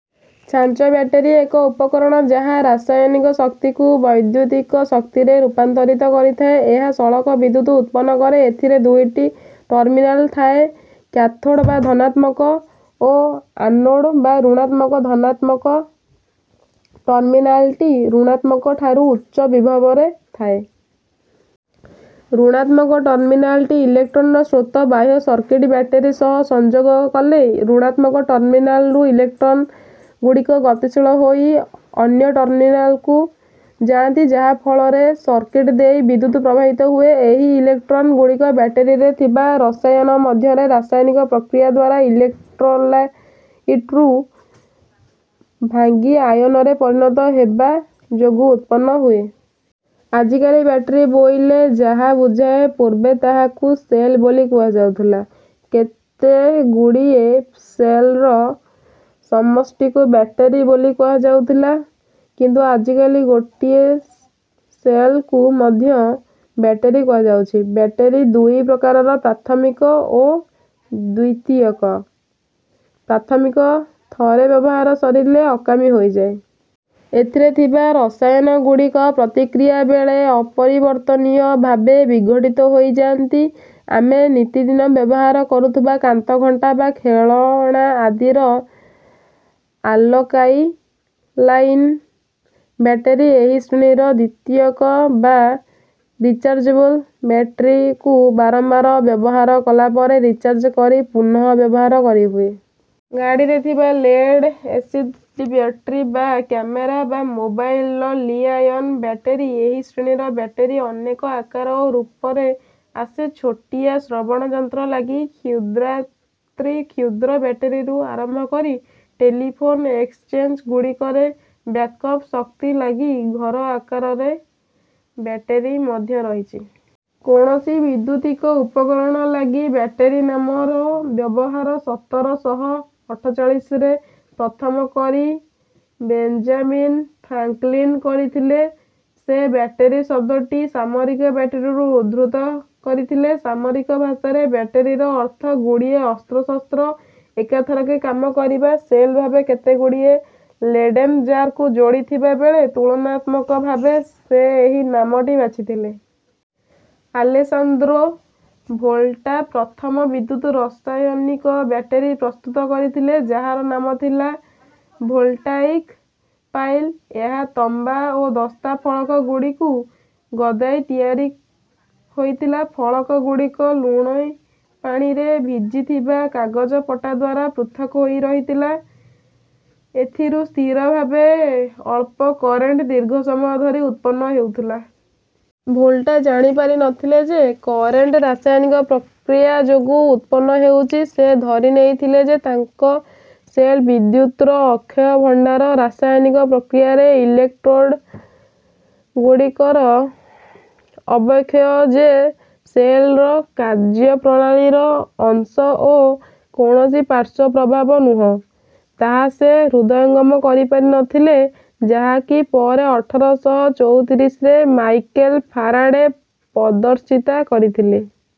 ଛାଞ୍ଚ ବ୍ୟାଟେରୀ ଏକ ଉପକରଣ ଯାହା ରସାୟନିକ ଶକ୍ତିକୁ ବୈଦ୍ୟୁତିକ ଶକ୍ତିରେ ରୂପାନ୍ତରିତ କରିଥାଏ। ଏହା ସଳଖ ବିଦ୍ୟୁତ୍ ଉତ୍ପନ୍ନ କରେ। ଏଥିରେ ଦୁଇଟି ଟର୍ମିନାଲ ଥାଏ କ୍ୟାଥୋଡ଼ ବା ଧନାତ୍ମକ ଓ ଆନୋଡ଼ ବା ଋଣାତ୍ମକ। ଧନାତ୍ମକ ଟର୍ମିନାଲଟି ଋଣାତ୍ମକ ଠାରୁ ଉଚ୍ଚ ବିଭବ ରେ ଥାଏ। ଋଣାତ୍ମକ ଟର୍ମିନାଲଟି ଇଲେକ୍ଟ୍ରନର ସ୍ରୋତ। ବାହ୍ୟ ସର୍କିଟ ବ୍ୟାଟେରୀ ସହ ସଂଯୋଗ କଲେ, ଋଣାତ୍ମକ ଟର୍ମିନାଲରୁ ଇଲେକ୍ଟ୍ରନ ଗୁଡ଼ିକ ଗତିଶୀଳ ହୋଇ ଅନ୍ୟ ଟର୍ମିନାଲକୁ ଯାଆନ୍ତି ଯାହା ଫଳରେ ସର୍କିଟ ଦେଇ ବିଦ୍ୟୁତ୍ ପ୍ରବାହ ହୁଏ। ଏହି ଇଲେକ୍ଟ୍ରନ ଗୁଡ଼ିକ ବ୍ୟାଟେରୀରେ ଥିବା ରସାୟନ ମଧ୍ୟରେ ରାସାୟନିକ ପ୍ରକ୍ରିୟାଦ୍ୱାରା ଇଲେକ୍ଟ୍ରୋଲାଇଟ୍ରୁ ଭାଙ୍ଗି ଆୟନରେ ପରିଣତ ହେବା ଯୋଗୁଁ ଉତ୍ପନ୍ନ ହୁଏ। ଆଜିକାଲି ବ୍ୟାଟେରୀ ବୋଇଲେ ଯାହା ବୁଝାଏ, ପୂର୍ବେ ତାହାକୁ ସେଲ୍ ବୋଲି କୁହାଯାଉଥିଲା। କେତେ ଗୁଡ଼ିଏ ସେଲର ସମଷ୍ଟିକୁ ବ୍ୟାଟେରୀ ବୋଲି କୁହାଯାଉଥିଲା, କିନ୍ତୁ ଆଜିକାଲି ଗୋଟିଏ ସେଲକୁ ମଧ୍ୟ ବ୍ୟାଟେରୀ କୁହାଯାଉଛି। ବ୍ୟାଟେରୀ ଦୁଇ ପ୍ରକାରର ପ୍ରାଥମିକ ଓ ଦ୍ୱିତୀୟକ। ପ୍ରାଥମିକ ଥରେ ବ୍ୟବହାର ସରିଲେ ଅକାମୀ ହୋଇଯାଏ। ଏଥିରେ ଥିବା ରସାୟନ ଗୁଡ଼ିକ ପ୍ରତିକ୍ରିୟା ବେଳେ ଅପରିବର୍ତ୍ତନୀୟ ଭାବେ ବିଘଟିତ ହୋଇଯାଆନ୍ତି। ଆମେ ନିତିଦିନ ବ୍ୟବହାର କରୁଥିବା କାନ୍ଥଘଣ୍ଟା ବା ଖେଳଣା ଆଦିର ଆଲକାଲାଇନ ବ୍ୟାଟେରୀ ଏହି ଶ୍ରେଣୀର। ଦ୍ୱିତୀୟକ ବା ରିଚାର୍ଜେବଲ ବ୍ୟାଟେରୀକୁ ବାରମ୍ବାର ବ୍ୟବହାର କଲା ପରେ ରିଚାର୍ଜ କରି ପୁନଃବ୍ୟବହାର କରିହୁଏ। ଗାଡ଼ିରେ ଥିବା ଲେଡ ଏସିଡ ବ୍ୟାଟେରୀ ବା କ୍ୟାମେରା ଓ ମୋବାଇଲର ଲି-ଆୟନ ବ୍ୟାଟେରୀ ଏହି ଶ୍ରେଣୀର। ବ୍ୟାଟେରୀ ଅନେକ ଆକାର ଓ ରୂପରେ ଆସେ। ଛୋଟିଆ ଶ୍ରବଣଯନ୍ତ୍ର ଲାଗି କ୍ଷୁଦ୍ରାତିକ୍ଷୁଦ୍ର ବ୍ୟାଟେରୀରୁ ଆରମ୍ଭ କରି ଟେଲିଫୋନ ଏକ୍ସଚେଞ୍ଜ ଗୁଡ଼ିକରେ ବ୍ୟାକଅପ ଶକ୍ତି ଲାଗି ଘର ଆକାରର ବ୍ୟାଟେରୀ ମଧ୍ୟ ରହିଛି। କୌଣସି ବୈଦ୍ୟୁତିକ ଉପକରଣ ଲାଗି ବ୍ୟାଟେରୀ ନାମର ବ୍ୟବହାର ସତର ଶହ ଅଠଚାଳିଶରେ ପ୍ରଥମ କରି ବେଞ୍ଜାମିନ ଫ୍ରାଙ୍କଲିନ କରିଥିଲେ। ସେ ବ୍ୟାଟେରୀ ଶବ୍ଦଟି ସାମରିକ ବ୍ୟାଟେରୀରୁ ଉଦ୍ଧୃତ କରିଥିଲେ। ସାମରିକ ଭାଷାରେ ବ୍ୟାଟେରୀର ଅର୍ଥ ଗୁଡ଼ିଏ ଅସ୍ତ୍ର-ଶସ୍ତ୍ର ଏକାଥରକେ କାମ କରିବା। ସେଲ୍ ଭାବେ କେତେଗୁଡିଏ ଲେଡ଼େନ୍ ଜାରକୁ ଯୋଡ଼ିଥିବା ବେଳେ ତୁଳନାତ୍ମକ ଭାବେ ସେ ଏହି ନାମଟି ବାଛିଥିଲେ। ଆଲେସାନ୍ଦ୍ରୋ ଭୋଲ୍ଟା, ପ୍ରଥମ ବିଦ୍ୟୁତ୍-ରସାୟନିକ ବ୍ୟାଟେରୀ ପ୍ରସ୍ତୁତ କରିଥିଲେ, ଯାହାର ନାମ ଥିଲା ଭୋଲ୍ଟାଇକ ପାଇଲ୍। ଏହା ତମ୍ବା ଓ ଦସ୍ତା ଫଳକ ଗୁଡ଼ିକୁ ଗଦାଇ ତିଆରି ହୋଇଥିଲା। ଫଳକ ଗୁଡିକ ଲୁଣିପାଣିରେ ଭିଜିଥିବା କାଗଜପଟାଦ୍ୱାରା ପୃଥକ୍ ହୋଇ ରହିଥିଲା। ଏଥିରୁ ସ୍ଥିର ଭାବେ ଅଳ୍ପ କରେଣ୍ଟ ଦୀର୍ଘ ସମୟ ଧରି ଉତ୍ପନ୍ନ ହେଉଥିଲା। ଭୋଲ୍ଟା ଜାଣିପାରି ନଥିଲେ ଯେ କରେଣ୍ଟ, ରାସାୟନିକ ପ୍ରକ୍ରିୟା ଯୋଗୁଁ ଉତ୍ପନ୍ନ ହେଉଛି। ସେ ଧରିନେଇଥିଲେ ଯେ ତାଙ୍କ ସେଲ୍ ବିଦ୍ୟୁତ୍ର ଅକ୍ଷୟ ଭଣ୍ଡାର। ରାସାୟନିକ ପ୍ରକ୍ରିୟାରେ ଇଲେକ୍ଟ୍ରୋଡ ଗୁଡ଼ିକର ଅବକ୍ଷୟ ଯେ ସେଲ୍ର କାର୍ଯ୍ୟପ୍ରଣାଳୀର ଅଂଶ ଓ କୌଣସି ପାର୍ଶ୍ୱ ପ୍ରଭାବ ନୁହଁ ତାହା ସେ ହୃଦୟଙ୍ଗମ କରିପାରିନଥିଲେ, ଯାହାକି ପରେ ଅଠର ଶହ ଚଉତିରିଶରେ ମାଇକେଲ ଫାରାଡ଼େ ପଦର୍ଶିତ କରିଥିଲେ।